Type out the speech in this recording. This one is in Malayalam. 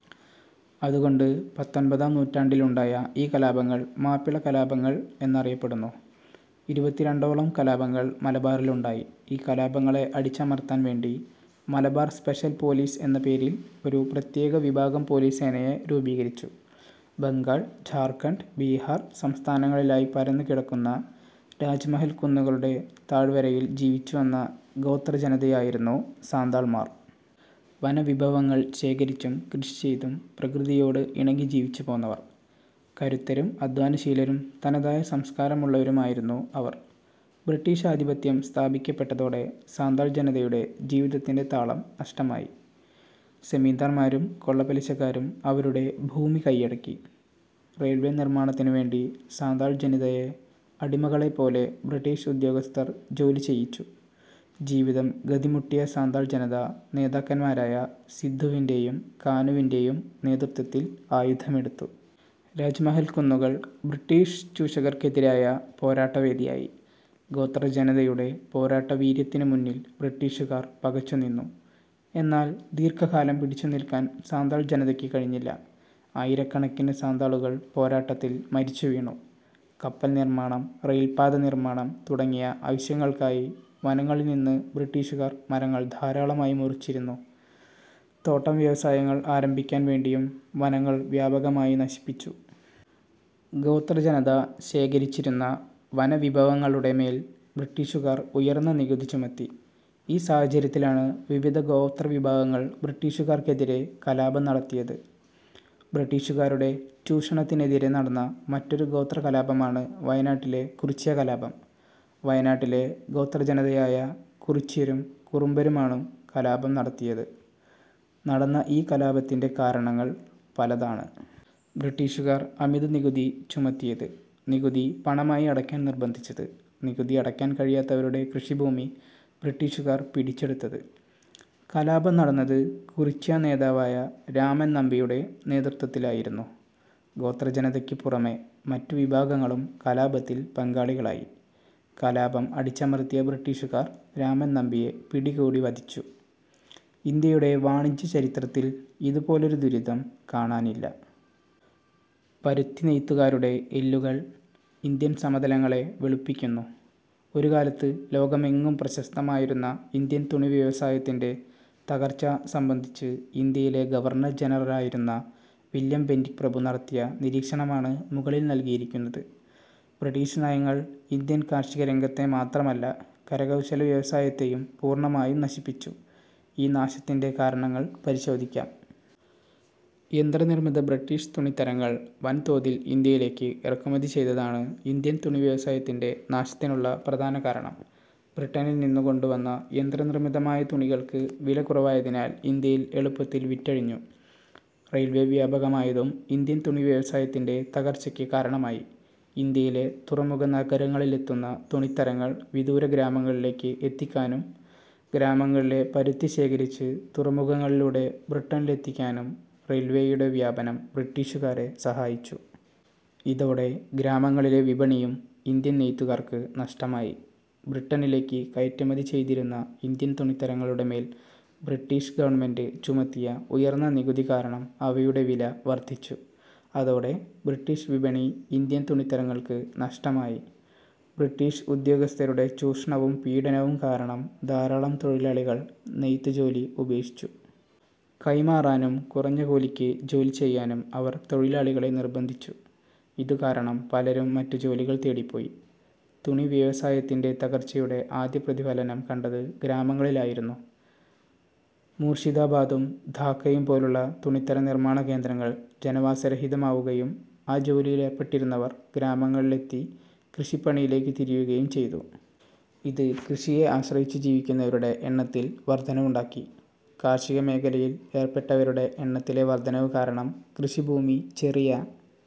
അതുകൊണ്ട് പത്തൊമ്പതാം നൂറ്റാണ്ടിലുണ്ടായ ഈ കലാപങ്ങൾ മാപ്പിളകലാപങ്ങൾ എന്ന് അറിയപ്പെടുന്നു. ഇരുപത്തിരണ്ടോളം കലാപങ്ങൾ മലബാറിലുണ്ടായി. ഈ കലാപങ്ങളെ അടിച്ചമർത്താൻ വേണ്ടി മലബാർ സ്പെഷ്യൽ പോലീസ് എന്ന പേരിൽ ഒരു പ്രത്യേക വിഭാഗം പോലീസ് സേനയെ രൂപീകരിച്ചു. ബംഗാൾ, ഝാർഖണ്ഡ്, ബിഹാർ സംസ്ഥാനങ്ങളിലായി പരന്നുകിടക്കുന്ന രാജ്മഹൽ കുന്നുകളുടെ താഴ്വരയിൽ ജീവിച്ചുവന്ന ഗോത്രജനതയായിരുന്നു സന്താൾമാർ. വനവിഭവങ്ങൾ ശേഖരിച്ചും കൃഷിചെയ്തും പ്രകൃതിയോട് ഇണങ്ങിജീവിച്ചുപോന്നവർ. കരുത്തരും അധ്വാനശീലരും തനതായ സംസ്കാരമുള്ളവരുമായിരുന്നു അവർ. ബ്രിട്ടീഷ് ആധിപത്യം സ്ഥാപിക്കപ്പെട്ടതോടെ സന്താൾ ജനതയുടെ ജീവിതത്തിന്റെ താളം നഷ്ടമായി. സെമീന്ദാർമാരും കൊള്ളപ്പലിശക്കാരും അവരുടെ ഭൂമി കൈയടക്കി. റെയിൽവേ നിർമാണത്തിനുവേണ്ടി സന്താൾ ജനതയെ അടിമകളെപ്പോലെ ബ്രിട്ടീഷ് ഉദ്യോഗസ്ഥർ ജോലി ചെയ്യിച്ചു. ജീവിതം ഗതി മുട്ടിയ സന്താൾ ജനത നേതാക്കന്മാരായ സിദ്ദുവിന്റെയും കാനുവിന്റെയും നേതൃത്വത്തിൽ ആയുധമെടുത്തു. രാജ്മഹൽ കുന്നുകൾ ബ്രിട്ടീഷ് ചൂഷകർക്കെതിരായ പോരാട്ടവേദിയായി. ഗോത്രജനതയുടെ പോരാട്ടവീര്യത്തിനു മുന്നിൽ ബ്രിട്ടീഷുകാർ പകച്ചു നിന്നു. എന്നാൽ ദീർഘകാലം പിടിച്ചുനിൽക്കാൻ സന്താൾ ജനതയ്ക്ക് കഴിഞ്ഞില്ല. ആയിരക്കണക്കിന് സന്താളുകൾ പോരാട്ടത്തിൽ മരിച്ചുവീണു. കപ്പൽ നിർമാണം, റെയിൽപ്പാത നിർമാണം തുടങ്ങിയ ആവശ്യങ്ങൾക്കായി വനങ്ങളിൽനിന്ന് ബ്രിട്ടീഷുകാർ മരങ്ങൾ ധാരാളമായി മുറിച്ചിരുന്നു. തോട്ടം വ്യവസായങ്ങൾ ആരംഭിക്കാൻ വേണ്ടിയും വനങ്ങൾ വ്യാപകമായി നശിപ്പിച്ചു. ഗോത്രജനത ശേഖരിച്ചിരുന്ന വനവിഭവങ്ങളുടെ മേൽ ബ്രിട്ടീഷുകാർ ഉയർന്ന നികുതി ചുമത്തി. ഈ സാഹചര്യത്തിലാണ് വിവിധ ഗോത്രവിഭാഗങ്ങൾ ബ്രിട്ടീഷുകാർക്കെതിരെ കലാപം നടത്തിയത്. ബ്രിട്ടീഷുകാരുടെ ചൂഷണത്തിനെതിരെ നടന്ന മറ്റൊരു ഗോത്രകലാപമാണ് വയനാട്ടിലെ കുറിച്യകലാപം. വയനാട്ടിലെ ഗോത്രജനതയായ കുറിച്യരും കുറുമ്പരുമാണു കലാപം നടത്തിയത്. നടന്ന ഈ കലാപത്തിന്റെ കാരണങ്ങൾ പലതാണ്. ബ്രിട്ടീഷുകാർ അമിതനികുതി ചുമത്തിയത്. നികുതി പണമായി അടയ്ക്കാൻ നിർബന്ധിച്ചത്. നികുതി അടയ്ക്കാൻ കഴിയാത്തവരുടെ കൃഷിഭൂമി ബ്രിട്ടീഷുകാർ പിടിച്ചെടുത്തത്. കലാപം നടന്നത് കുറിച്യ നേതാവായ രാമൻ നമ്പിയുടെ നേതൃത്വത്തിലായിരുന്നു. ഗോത്രജനതയ്ക്ക് പുറമെ മറ്റു വിഭാഗങ്ങളും കലാപത്തിൽ പങ്കാളികളായി. കലാപം അടിച്ചമർത്തിയ ബ്രിട്ടീഷുകാർ രാമനമ്പിയെ പിടികൂടി വധിച്ചു. ഇന്ത്യയുടെ വാണിജ്യചരിത്രത്തിൽ ഇതുപോലൊരു ദുരിതം കാണാനില്ല. പരുത്തിനെയ്ത്തുകാരുടെ എല്ലുകൾ ഇന്ത്യൻ സമതലങ്ങളെ വെളുപ്പിക്കുന്നു. ഒരുകാലത്ത് ലോകമെങ്ങും പ്രശസ്തമായിരുന്ന ഇന്ത്യൻ തുണിവ്യവസായത്തിന്റെ തകർച്ച സംബന്ധിച്ച് ഇന്ത്യയിലെ ഗവർണർ ജനറലായിരുന്ന വില്യം ബെന്റിക് പ്രഭു നടത്തിയ നിരീക്ഷണമാണ് മുകളിൽ നൽകിയിരിക്കുന്നത്. ബ്രിട്ടീഷ് നയങ്ങൾ ഇന്ത്യൻ കാർഷികരംഗത്തെ മാത്രമല്ല, കരകൗശലവ്യവസായത്തെയും പൂർണമായും നശിപ്പിച്ചു. ഈ നാശത്തിന്റെ കാരണങ്ങൾ പരിശോധിക്കാം. യന്ത്രനിർമിത ബ്രിട്ടീഷ് തുണിത്തരങ്ങൾ വൻതോതിൽ ഇന്ത്യയിലേക്ക് ഇറക്കുമതി ചെയ്തതാണ് ഇന്ത്യൻ തുണിവ്യവസായത്തിന്റെ നാശത്തിനുള്ള പ്രധാന കാരണം. ബ്രിട്ടനിൽ നിന്നു കൊണ്ടുവന്ന യന്ത്രനിർമിതമായ തുണികൾക്ക് വില കുറവായതിനാൽ ഇന്ത്യയിൽ എളുപ്പത്തിൽ വിറ്റഴിഞ്ഞു. റെയിൽവേ വ്യാപകമായതും ഇന്ത്യൻ തുണി വ്യവസായത്തിന്റെ തകർച്ചയ്ക്ക് കാരണമായി. ഇന്ത്യയിലെ തുറമുഖ നഗരങ്ങളിലെത്തുന്ന തുണിത്തരങ്ങൾ വിദൂര ഗ്രാമങ്ങളിലേക്ക് എത്തിക്കാനും ഗ്രാമങ്ങളിലെ പരുത്തി ശേഖരിച്ച് തുറമുഖങ്ങളിലൂടെ ബ്രിട്ടനിലെത്തിക്കാനും റെയിൽവേയുടെ വ്യാപനം ബ്രിട്ടീഷുകാരെ സഹായിച്ചു. ഇതോടെ ഗ്രാമങ്ങളിലെ വിപണിയും ഇന്ത്യൻ നെയ്ത്തുകാർക്ക് നഷ്ടമായി. ബ്രിട്ടനിലേക്ക് കയറ്റുമതി ചെയ്തിരുന്ന ഇന്ത്യൻ തുണിത്തരങ്ങളുടെമേൽ ബ്രിട്ടീഷ് ഗവൺമെന്റ് ചുമത്തിയ ഉയർന്ന നികുതി കാരണം അവയുടെ വില വർധിച്ചു. അതോടെ ബ്രിട്ടീഷ് വിപണി ഇന്ത്യൻ തുണിത്തരങ്ങൾക്ക് നഷ്ടമായി. ബ്രിട്ടീഷ് ഉദ്യോഗസ്ഥരുടെ ചൂഷണവും പീഡനവും കാരണം ധാരാളം തൊഴിലാളികൾ നെയ്ത് ജോലി ഉപേക്ഷിച്ചു. കൈമാറാനും കുറഞ്ഞ കൂലിക്ക് ജോലിചെയ്യാനും അവർ തൊഴിലാളികളെ നിർബന്ധിച്ചു. ഇതു കാരണം പലരും മറ്റു ജോലികൾ തേടിപ്പോയി. തുണിവ്യവസായത്തിന്റെ തകർച്ചയുടെ ആദ്യ പ്രതിഫലനം കണ്ടത് ഗ്രാമങ്ങളിൽ ആയിരുന്നു. മൂർഷിദാബാദും ധാക്കയും പോലുള്ള തുണിത്തര നിർമാണ കേന്ദ്രങ്ങൾ ജനവാസരഹിതമാവുകയും ആ ജോലിയിലേർപ്പെട്ടിരുന്നവർ ഗ്രാമങ്ങളിലെത്തി കൃഷിപ്പണിയിലേക്കു തിരിയുകയും ചെയ്തു. ഇത് കൃഷിയെ ആശ്രയിച്ചു ജീവിക്കുന്നവരുടെ എണ്ണത്തിൽ വർധനവുണ്ടാക്കി. കാർഷിക മേഖലയിൽ ഏർപ്പെട്ടവരുടെ എണ്ണത്തിലെ വർധനവ് കാരണം കൃഷിഭൂമി ചെറിയ